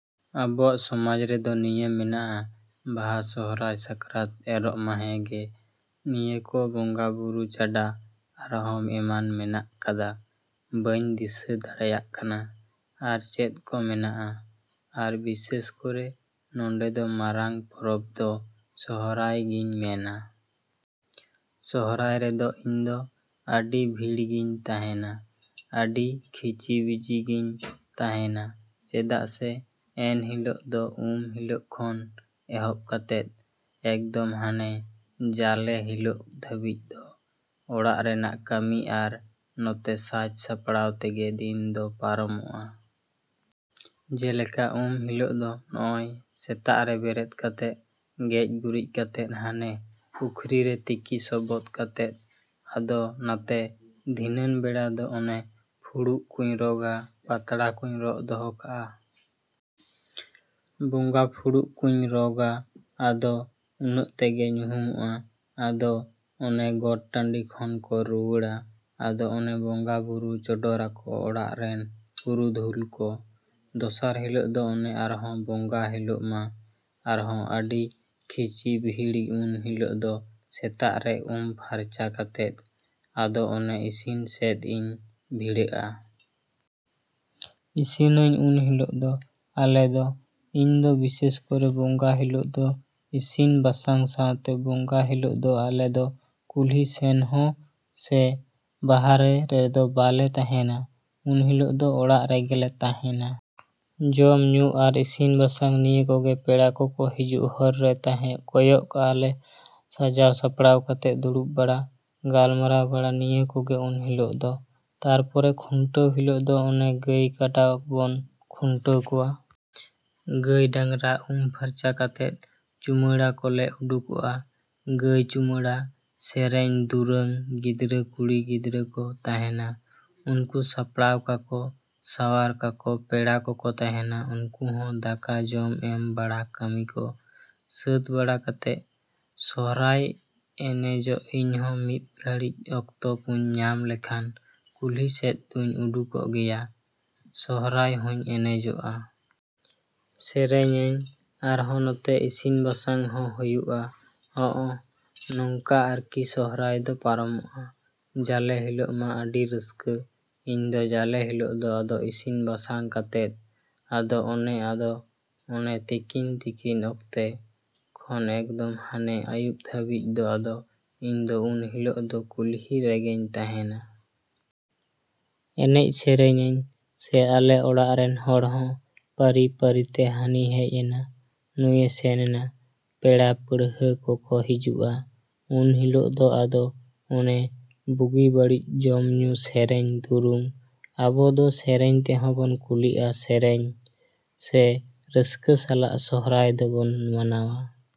ᱟᱵᱚᱣᱟᱜ ᱥᱚᱢᱟᱡᱽ ᱨᱮᱫᱚ ᱱᱤᱭᱟᱹ ᱢᱮᱱᱟᱜᱼᱟ ᱵᱟᱦᱟ, ᱥᱚᱦᱚᱨᱟᱭ, ᱥᱟᱠᱨᱟᱛ, ᱮᱨᱚᱜ, ᱢᱟ ᱦᱮᱸᱜᱼᱮ ᱱᱤᱭᱟᱹ ᱠᱚ ᱵᱚᱸᱜᱟᱼᱵᱩᱨᱩ ᱪᱟᱰᱟ ᱟᱨᱦᱚ ᱮᱢᱟᱱ ᱢᱮᱱᱟᱜ ᱠᱟᱫᱟ ᱵᱟᱹᱧ ᱫᱤᱥᱟᱹ ᱫᱟᱬᱮᱭᱟᱜ ᱠᱟᱱᱟ᱾ ᱟᱨ ᱪᱮᱫ ᱠᱚ ᱢᱮᱱᱟᱜᱼᱟ᱾ ᱟᱨ ᱵᱤᱥᱮᱥ ᱠᱚᱨᱮ ᱱᱚᱸᱰᱮ ᱫᱚ ᱢᱟᱨᱟᱝ ᱯᱚᱨᱚᱵᱽ ᱫᱚ ᱥᱚᱦᱚᱨᱟᱭ ᱜᱤᱧ ᱢᱮᱱᱟ ᱾ ᱥᱚᱦᱚᱨᱟᱭ ᱨᱮᱫᱚ ᱤᱧᱫᱚ ᱟᱹᱰᱤ ᱵᱷᱤᱲ ᱜᱤᱧ ᱛᱟᱦᱮᱸᱱᱟ, ᱟᱹᱰᱤ ᱠᱷᱤᱪᱤ ᱵᱤᱡᱤ ᱜᱤᱧ ᱛᱟᱦᱮᱸᱱᱟ ᱪᱮᱫᱟᱜ ᱥᱮ ᱮᱱᱦᱤᱞᱳᱜ ᱫᱚ ᱩᱢ ᱦᱤᱞᱳᱜ ᱠᱷᱚᱱ ᱮᱦᱚᱵ ᱠᱟᱛᱮᱫ ᱮᱠᱫᱚᱢ ᱦᱟᱱᱮᱸ ᱡᱟᱞᱮ ᱦᱤᱞᱳᱜ ᱫᱷᱟᱹᱵᱤᱡ ᱫᱚ ᱚᱲᱟᱜ ᱨᱮᱱᱟᱜ ᱠᱟᱹᱢᱤ, ᱟᱨ ᱱᱚᱛᱮ ᱥᱟᱡᱽ ᱥᱟᱯᱲᱟᱣ ᱛᱮᱜᱮ ᱫᱤᱱ ᱫᱚ ᱯᱟᱨᱚᱢᱚᱜᱼᱟ᱾ ᱡᱮᱞᱮᱠᱟ ᱩᱢ ᱦᱤᱞᱳᱜ ᱫᱚ ᱱᱚᱜᱼᱚᱭ ᱥᱮᱛᱟᱜ ᱨᱮ ᱵᱮᱨᱮᱫ ᱠᱟᱛᱮᱫ ᱜᱮᱡ ᱜᱩᱨᱤᱡ ᱠᱟᱛᱮᱫ ᱦᱟᱱᱮ ᱯᱩᱠᱷᱨᱤ ᱨᱮ ᱛᱤᱠᱤ ᱥᱚᱵᱚᱫᱽ ᱠᱟᱛᱮᱫᱽ ᱟᱫᱚ ᱱᱟᱛᱮ ᱫᱷᱤᱱᱟᱹᱱ ᱵᱮᱲᱟ ᱫᱚ ᱚᱱᱮ ᱯᱷᱩᱲᱩᱜ ᱠᱩᱧ ᱨᱚᱜᱟ ᱾ ᱯᱟᱛᱲᱟ ᱠᱩᱸᱧ ᱨᱚᱜ ᱫᱚᱦᱚ ᱠᱟᱜᱼᱟ᱾ ᱵᱚᱸᱜᱟ ᱯᱷᱩᱲᱩᱜ ᱠᱩᱸᱧ ᱨᱚᱜᱟ ᱟᱫᱚ ᱩᱱᱟᱹᱜ ᱛᱮᱜᱮ ᱧᱩᱦᱩᱢᱚᱜᱼᱟ ᱟᱫᱚ ᱚᱱᱮ ᱜᱚᱴ ᱴᱟᱹᱰᱤ ᱠᱷᱚᱱ ᱠᱚ ᱨᱩᱣᱟᱹᱲᱟ ᱟᱫᱚ ᱚᱱᱮ ᱵᱚᱸᱜᱟᱼᱵᱩᱨᱩ ᱪᱚᱰᱚᱨᱟᱠᱚ ᱚᱲᱟᱜ ᱨᱮᱱ ᱯᱩᱨᱩᱫᱷᱩᱞ ᱠᱚ᱾ ᱫᱚᱥᱟᱨ ᱦᱤᱞᱳᱜ ᱫᱚ ᱚᱱᱮ ᱟᱨᱦᱚᱸ ᱵᱚᱸᱜᱟ ᱦᱤᱞᱳᱜ ᱢᱟ ᱟᱨᱦᱚᱸ ᱟᱹᱰᱤ ᱠᱷᱤᱪᱤ ᱵᱷᱤᱲ ᱩᱱ ᱦᱤᱞᱳᱜ ᱫᱚ ᱥᱮᱛᱟᱜ ᱨᱮ ᱩᱢ ᱯᱷᱟᱨᱪᱟ ᱠᱟᱛᱮᱫ ᱟᱫᱚ ᱚᱱᱮ ᱤᱥᱤᱱ ᱥᱮᱫᱽ ᱤᱧ ᱵᱷᱤᱲᱟᱹᱜᱼᱟ ᱾ ᱤᱥᱤᱱᱟᱹᱧ ᱩᱱ ᱦᱤᱞᱳᱜ ᱫᱚ ᱟᱞᱮ ᱫᱚ, ᱤᱧᱫᱚ ᱵᱤᱥᱮᱥ ᱠᱚᱨᱮ ᱵᱚᱸᱜᱟ ᱦᱤᱞᱳᱜ ᱫᱚ ᱤᱥᱤᱱ ᱵᱟᱥᱟᱝ ᱥᱟᱶᱛᱮ, ᱵᱚᱸᱜᱟ ᱦᱤᱞᱳᱜ ᱫᱚ ᱟᱞᱮ ᱫᱚ ᱠᱩᱞᱦᱤ ᱥᱮᱱ ᱦᱚᱸ ᱥᱮ ᱵᱟᱦᱟᱨᱮ ᱨᱮᱫᱚ ᱵᱟᱞᱮ ᱛᱟᱦᱮᱸᱱᱟ ᱩᱱ ᱦᱤᱞᱳᱜ ᱫᱚ ᱚᱲᱟᱜ ᱨᱮᱜᱮᱞᱮ ᱛᱟᱦᱮᱸᱱᱟ᱾ ᱡᱚᱢ ᱧᱩ ᱟᱨ ᱤᱥᱤᱱ ᱵᱟᱥᱟᱝ ᱱᱤᱭᱟᱹ ᱠᱚᱜᱮ ᱯᱮᱲᱟ ᱠᱚᱠᱚ ᱦᱤᱡᱩᱜ ᱦᱚᱨ ᱨᱮ ᱛᱟᱦᱮᱸᱜ ᱠᱚᱭᱚᱜ ᱠᱟᱜᱼᱟ ᱞᱮ ᱥᱟᱡᱟᱣ ᱥᱟᱯᱲᱟᱣ ᱠᱟᱛᱮᱫ ᱫᱩᱲᱩᱵ ᱵᱟᱲᱟ, ᱜᱟᱞᱢᱟᱨᱟᱣ ᱵᱟᱲᱟ ᱱᱤᱭᱟᱹ ᱠᱚᱜᱮ ᱩᱱ ᱦᱤᱞᱳᱜ ᱫᱚ᱾ ᱛᱟᱨᱯᱚᱨᱮ ᱠᱷᱩᱱᱴᱟᱹᱣ ᱦᱤᱞᱳᱜ ᱫᱚ ᱚᱱᱮ ᱜᱟᱹᱭ ᱠᱟᱰᱟ ᱵᱚᱱ ᱠᱷᱩᱱᱴᱟᱹᱣ ᱠᱚᱣᱟ ᱾ ᱜᱟᱹᱭ ᱰᱟᱝᱨᱟ ᱩᱢ ᱯᱷᱟᱨᱪᱟ ᱠᱟᱛᱮᱫ ᱪᱩᱢᱟᱹᱲᱟ ᱠᱚᱞᱮ ᱩᱰᱩᱠᱚᱜᱼᱟ, ᱜᱟᱹᱭ ᱪᱩᱢᱟᱹᱲᱟ, ᱥᱮᱨᱮᱧ ᱫᱩᱨᱟᱹᱝ ᱜᱤᱫᱽᱨᱟᱹ ᱠᱩᱲᱤ ᱜᱤᱫᱽᱨᱟᱹ ᱠᱚ ᱛᱟᱦᱮᱸᱱᱟ ᱩᱱᱠᱩ ᱥᱟᱯᱲᱟᱣ ᱠᱟᱠᱚ ᱥᱟᱶᱟᱨ ᱠᱟᱠᱚ ᱯᱮᱲᱟ ᱠᱚᱠᱚ ᱛᱟᱦᱮᱸᱱᱟ ᱩᱱᱠᱩ ᱦᱚᱸ ᱫᱟᱠᱟ ᱡᱚᱢ ᱮᱢ ᱵᱟᱲᱟ ᱠᱟᱹᱢᱤᱠᱚ ᱥᱟᱹᱛ ᱵᱟᱲᱟ ᱠᱟᱛᱮ, ᱥᱚᱦᱚᱨᱟᱭ ᱮᱱᱮᱡᱚᱜ ᱤᱧᱦᱚᱸ ᱢᱤᱫ ᱜᱷᱟᱹᱲᱤᱡ ᱚᱠᱛᱚ ᱠᱩᱧ ᱧᱟᱢ ᱞᱮᱠᱷᱟᱱ, ᱠᱩᱞᱦᱤ ᱥᱮᱫ ᱫᱩᱧ ᱩᱰᱩᱠᱚᱜ ᱜᱮᱭᱟ, ᱥᱚᱦᱚᱨᱟᱭ ᱦᱚᱸᱧ ᱮᱱᱮᱡᱚᱜᱼᱟ ᱾ ᱥᱮᱨᱮᱧ ᱟᱹᱧ ᱟᱨᱦᱚᱸ ᱱᱚᱛᱮ ᱤᱥᱤᱱ ᱵᱟᱥᱟᱝ ᱦᱚᱸ ᱦᱩᱭᱩᱜᱼᱟ ᱦᱚᱸᱜᱼᱚ ᱱᱚᱝᱠᱟ ᱟᱨᱠᱤ ᱥᱚᱦᱚᱨᱟᱭ ᱫᱚ ᱯᱟᱨᱚᱢᱚᱜᱼᱟ ᱾ ᱡᱟᱞᱮ ᱦᱤᱞᱳᱜ ᱢᱟ ᱟᱹᱰᱤ ᱨᱟᱹᱥᱠᱟᱹ ᱤᱧ ᱫᱚ ᱡᱟᱞᱮ ᱦᱤᱞᱳᱜ ᱫᱚ ᱟᱫᱚ ᱤᱥᱤᱱ ᱵᱟᱥᱟᱝ ᱠᱟᱛᱮᱫ ᱟᱫᱚ ᱚᱱᱮ ᱟᱫᱚ ᱚᱱᱮ ᱛᱤᱠᱤᱱ ᱛᱤᱠᱤᱱ ᱚᱠᱛᱮ ᱠᱷᱚᱱ ᱮᱠᱫᱚᱢ ᱦᱟᱱᱮ ᱟᱹᱭᱩᱵ ᱫᱷᱟᱹᱵᱤᱡ ᱫᱚ ᱟᱫᱚ ᱤᱧᱫᱚ ᱩᱱ ᱦᱤᱞᱳᱜ ᱫᱚ ᱠᱩᱞᱦᱤ ᱨᱮᱜᱮᱧ ᱛᱟᱦᱮᱸᱱᱟ᱾ ᱮᱱᱮᱡ ᱥᱮᱨᱮᱧ ᱟᱹᱧ, ᱥᱮ ᱟᱞᱮ ᱚᱲᱟᱜ ᱨᱮᱱ ᱦᱚᱲ ᱦᱚᱸ ᱯᱟᱹᱨᱤ ᱯᱟᱹᱨᱤᱛᱮ ᱦᱟᱹᱱᱤ ᱦᱮᱡ ᱮᱱᱟ ᱱᱩᱭᱮ ᱥᱮᱱ ᱮᱱᱟ, ᱯᱮᱲᱟ ᱯᱟᱹᱲᱦᱟᱹ ᱠᱚᱠᱚ ᱦᱤᱡᱩᱜᱼᱟ ᱾ ᱩᱱ ᱦᱤᱞᱳᱜ ᱫᱚ ᱟᱫᱚ ᱚᱱᱮ ᱵᱩᱜᱤ ᱵᱟᱲᱤᱡ ᱡᱚᱢ ᱧᱩ ᱥᱮᱨᱮᱧ ᱫᱩᱨᱩᱝ ,ᱟᱵᱚ ᱫᱚ ᱥᱮᱨᱮᱧ ᱛᱮᱦᱚᱸ ᱵᱚᱱ ᱠᱩᱞᱤᱜᱼᱟ ᱥᱮᱨᱮᱧ, ᱥᱮ ᱨᱟᱹᱥᱠᱟ ᱥᱟᱞᱟᱜ ᱥᱚᱦᱚᱨᱟᱭ ᱫᱚᱵᱚᱱ ᱢᱟᱱᱟᱣᱼᱟ᱾